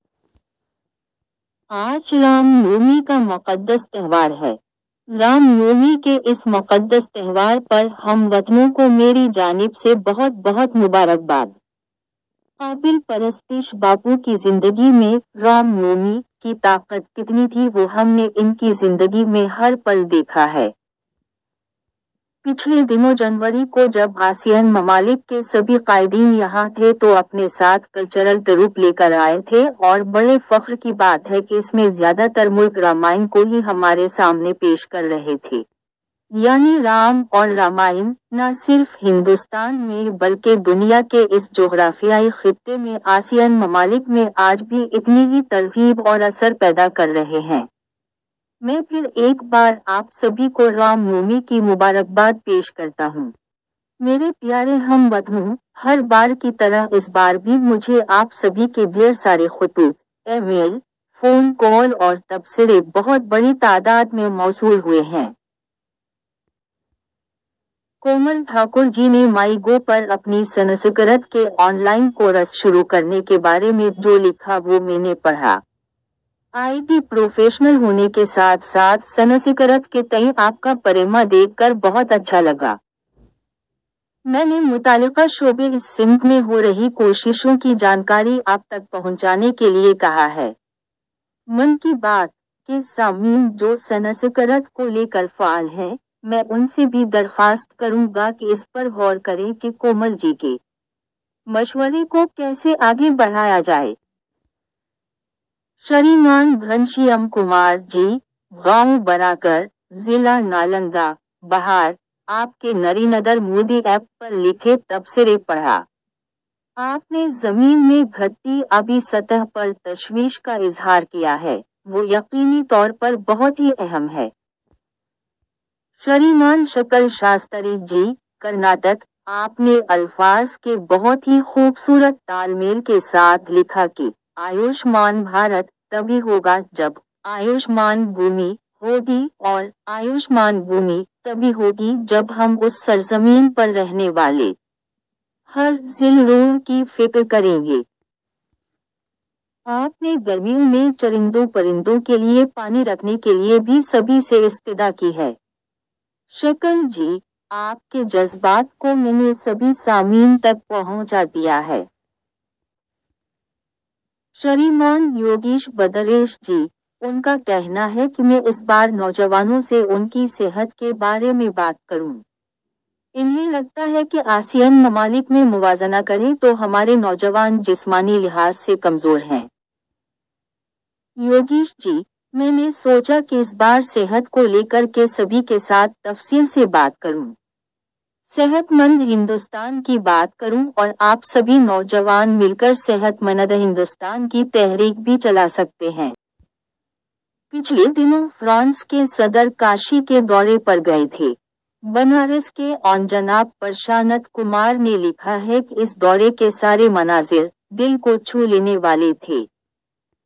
آج رام نومی کا مقدس تہوار ہے۔ رام نومی کے اس مقدس تہوار پر ہم وطنوں کو میری جانب سے بہت بہت مبارکباد۔ قابل پرستش باپو کی زندگی میں 'رام نومی' کی طاقت کتنی تھی وہ ہم نے ان کی زندگی میں ہر پل دیکھا ہے۔ پچھلے دنوں جنوری کو جب آسیان ممالک کے سبھی قائدین یہاں تھے تو اپنے ساتھ کلچرل ٹروپ لے کر آئے تھے اور بڑے فخر کی بات ہے کہ اس میں زیادہ تر ملک رامائن کو ہی ہمارے سامنے پیش کر رہے تھے۔ یعنی رام اور رامائن ، نہ صرف ہندوستان میں بلکہ دنیا کے اس جغرافیائی خطے میں آسیان ممالک میں آج بھی اتنی ہی ترغیب اور اثر پیدا کر رہے ہیں۔ میں پھر ایک بار آپ سبھی کو رام نومی کی مبارکباد پیش کرتا ہوں۔ میرے پیارے ہم وطنوں ، ہر بار کی طرح اس بار بھی مجھے آپ سبھی کے ڈھیر سارے خطوط ، ای میل، فون کال اور تبصرے بہت بڑی تعداد میں موصول ہوئے ہیں۔ کومل ٹھاکر جی نے مائی گو پر اپنی سنسکرت کے آن لائن کورس شروع کرنے کے بارے میں جو لکھا وہ میں نے پڑھا۔ آئی ٹی پروفیشنل ہونے کے ساتھ ساتھ سنسکرت کے تئیں آپ کا پریم دیکھ کر بہت اچھا لگا۔ میں نے متعلقہ شعبے اس سمت میں ہو رہی کوششوں کی جانکاری آپ تک پہنچانے کے لیے کہا ہے۔ 'من کی بات' کے سامعین جو سنسکرت کو لے کر فعال ہیں ، میں ان سے بھی درخواست کروں گا کہ اس پر غور کریں کہ کومل جی کے مشورے کو کیسے آگے بڑھایا جائے۔ شریمان گھنشیام کمار جی ، گاؤں براکر، ضلع نالندہ ، بہار – آپ کے نریندر مودی ایپ پر لکھے تبصرے پڑھا۔ آپ نے زمین میں گھٹتی آبی سطح پر تشویش کا اظہار کیا ہے ، وہ یقینی طور پر بہت ہی اہم ہے۔ شریمان شکل شاستری جی ، کرناٹک – آپ نے الفاظ کے بہت ہی خوبصورت تال میل کے ساتھ لکھا کہ 'آیوش مان بھارت 'تبھی ہوگا جب 'آیوش مان بھومی ' ہوگی اور 'آیوش مان بھومی' تبھی ہوگی جب ہم اس سرزمین پر رہنے والے ہر ذی روح کی فکر کریں گے۔ آپ نے گرمیوں میں چرندوں پرندوں کے لیے پانی رکھنے کے لیے بھی سبھی سے استدعا کی ہے۔ شکل جی ، آپ کے جذبات کو میں نے سبھی سامعین تک پہنچا دیا ہے۔ شریمان یوگیش بھدریش جی ، ان کا کہنا ہے کہ میں اس بار نوجوانوں سے ان کی صحت کے بارے میں بات کروں۔ انہیں لگتا ہے کہ آسیان ممالک میں موازنہ کریں تو ہمارے نوجوان جسمانی لحاظ سے کمزور ہیں۔ یوگیش جی، میں نے سوچا کہ اس بار صحت کو لے کر کے سبھی کے ساتھ تفصیل سے بات کروں۔ صحت مند ہندوستان کی بات کروں اور آپ سبھی نوجوان مل کر صحت مندہندوستان کی تحریک بھی چلا سکتے ہیں۔ پچھلے دنوں فرانس کے صدر کاشی کے دورے پر گئے تھے۔ بنارس کے آنجناب پرشانت کمار نے لکھا ہے کہ اس دورے کے سارے مناظر ، دل کو چھو لینے والے تھے۔